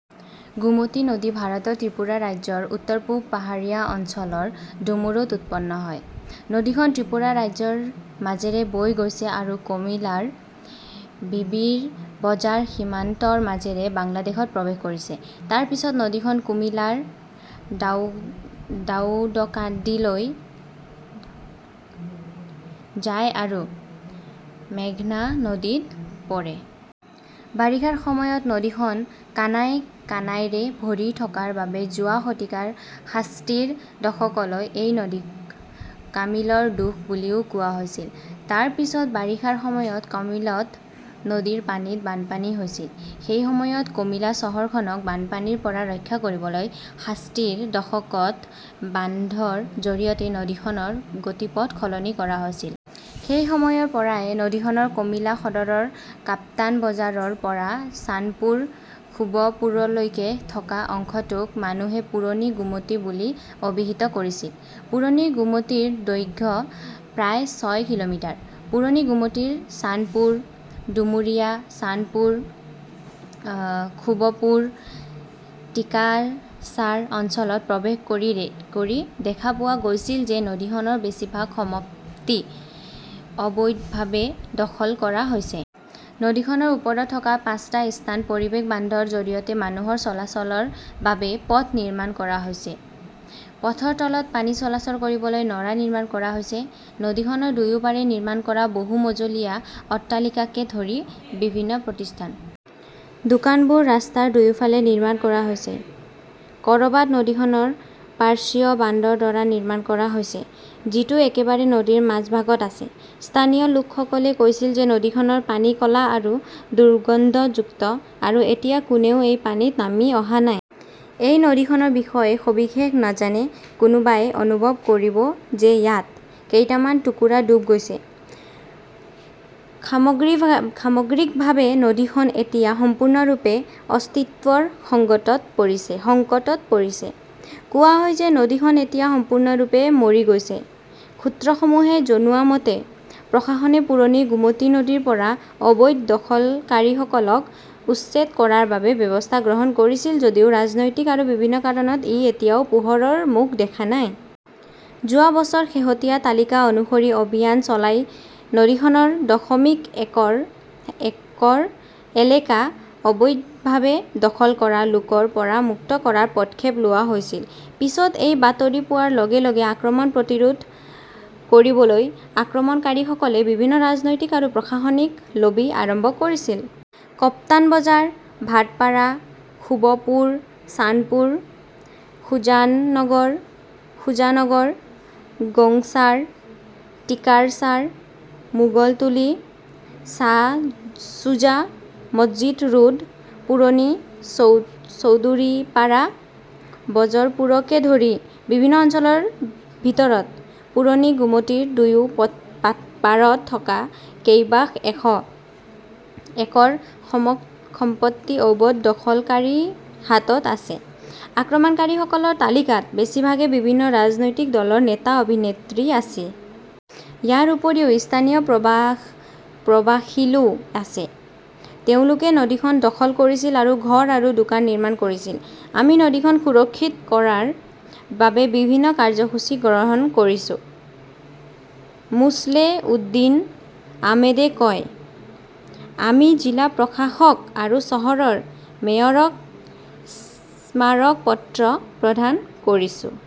গোমতী নদী ভাৰতৰ ত্ৰিপুৰা ৰাজ্যৰ উত্তৰ-পূব পাহাৰীয়া অঞ্চলৰ ডুমুৰত উৎপন্ন হয়। নদীখন ত্ৰিপুৰা ৰাজ্যৰ মাজেৰে বৈ গৈছে আৰু কমিলাৰ বিবিৰবাজাৰ সীমান্তৰ মাজেৰে বাংলাদেশত প্ৰৱেশ কৰিছে। তাৰ পিছত নদীখন কুমিলাৰ দাউদকাণ্ডীলৈ যায় আৰু মেঘনা নদীত পৰে। বাৰিষাৰ সময়ত নদীখন কানাই কানাইৰে ভৰি থকাৰ বাবে যোৱা শতিকাৰ ষাঠিৰ দশকলৈকে এই নদীক কমিলাৰ দুখ বুলিও কোৱা হৈছিল। তাৰ পিছত বাৰিষাৰ সময়ত কমিলাত নদীৰ পানীত বানপানী হৈছিল। সেই সময়ত কমিলা চহৰখনক বানপানীৰ পৰা ৰক্ষা কৰিবলৈ ষাঠিৰ দশকত বান্ধৰ জৰিয়তে নদীখনৰ গতিপথ সলনি কৰা হৈছিল। সেই সময়ৰ পৰাই, নদীখনৰ কমিলা সদৰৰ কাপ্তান বজাৰৰ পৰা চানপুৰ, শুভপুৰলৈকে থকা অংশটোক মানুহে পুৰণি গোমতী বুলি অভিহিত কৰিছিল। পুৰণি গোমতীৰ দৈৰ্ঘ্য প্ৰায় ছয় কিলোমিটাৰ। পুৰণি গোমতীৰ চানপুৰ, ডুমুৰিয়া চানপুৰ, শুভপুৰ, টিক্কাৰচাৰ অঞ্চলত প্ৰৱেশ কৰি দেখা পোৱা গৈছিল যে নদীখনৰ বেছিভাগ সম্পত্তি অবৈধভাৱে দখল কৰা হৈছে। নদীখনৰ ওপৰত থকা পাঁচটা স্থান পৰিৱেশ বান্ধৰ জৰিয়তে মানুহৰ চলাচলৰ বাবে পথ নিৰ্মাণ কৰা হৈছে। পথৰ তলত পানী চলাচল কৰিবলৈ নলা নিৰ্মাণ কৰা হৈছে। নদীখনৰ দুয়োপাৰে নিৰ্মাণ কৰা বহু-মজলীয়া অট্টালিকাকে ধৰি বিভিন্ন প্ৰতিষ্ঠান। দোকানবোৰ ৰাস্তাৰ দুয়োফালে নিৰ্মাণ কৰা হৈছে, কৰবাত নদীখনৰ পাৰ্শ্বীয় বান্ধৰ দ্বাৰা নিৰ্মাণ কৰা হৈছে। যিটো একেবাৰে নদীৰ মাজভাগত আছে। স্থানীয় লোকসকলে কৈছিল যে নদীখনৰ পানী ক'লা আৰু দুৰ্গন্ধযুক্ত, আৰু এতিয়া কোনেও এই পানীত নামি অহা নাই। এই নদীখনৰ বিষয়ে সবিশেষ নাজানে, কোনোবাই অনুভৱ কৰিব যে ইয়াত কেইটামান টুকুৰা ডুব গৈছে। সামগ্ৰিকভাৱে, নদীখন এতিয়া সম্পূৰ্ণৰূপে অস্তিত্বৰ সংকটত পৰিছে। কোৱা হয় যে নদীখন এতিয়া সম্পূৰ্ণৰূপে মৰি গৈছে, সূত্ৰসমূহে জনোৱা মতে, প্ৰশাসনে পুৰণি গোমতী নদীৰ পৰা অবৈধ দখলকাৰীসকলক উচ্ছেদ কৰাৰ বাবে ব্যৱস্থা গ্ৰহণ কৰিছিল যদিও ৰাজনৈতিক আৰু বিভিন্ন কাৰণত ই এতিয়াও পোহৰৰ মুখ দেখা নাই। যোৱা বছৰ শেহতীয়া তালিকা অনুসৰি অভিযান চলাই নদীখনৰ দশমিক একৰ এলেকা অবৈধভাৱে দখল কৰা লোকৰ পৰা মুক্ত কৰাৰ পদক্ষেপ লোৱা হৈছিল। পিছত এই বাতৰি পোৱাৰ লগে লগে আক্ৰমণ প্ৰতিৰোধ কৰিবলৈ আক্ৰমণকাৰীসকলে বিভিন্ন ৰাজনৈতিক আৰু প্ৰশাসনিক লবি আৰম্ভ কৰিছিল। কপ্তানবাজাৰ, ভাটপাৰা, শুভপুৰ, চানপুৰ, সুজানগৰ, গংচাৰ, টিক্কাৰচাৰ, মোগলতুলি শ্বাহছুজা মছজিদ ৰোড, পুৰণি চৌধুৰীপাৰা, বজৰপুৰকে ধৰি বিভিন্ন অঞ্চলৰ ভিতৰত পুৰণি গোমতীৰ দুয়ো পাৰত থকা কেইবাশ একৰ সম্পত্তি অবৈধ দখলকাৰীৰ হাতত আছে। আক্ৰমণকাৰীসকলৰ তালিকাত বেছিভাগেই বিভিন্ন ৰাজনৈতিক দলৰ নেতা-অভিনেত্ৰী আছে। ইয়াৰ উপৰিও স্থানীয় প্ৰভাশিলও আছে। তেওঁলোকে নদীখন দখল কৰিছিল আৰু ঘৰ আৰু দোকান নিৰ্মাণ কৰিছিল। আমি নদীখন সুৰক্ষিত কৰাৰ বাবে বিভিন্ন কাৰ্যসূচী গ্ৰহণ কৰিছো, মোছলেহ উদ্দিন আহমেদে কয়। আমি জিলা প্ৰশাসক আৰু চহৰৰ মেয়ৰক স্মাৰক পত্ৰ প্ৰদান কৰিছো।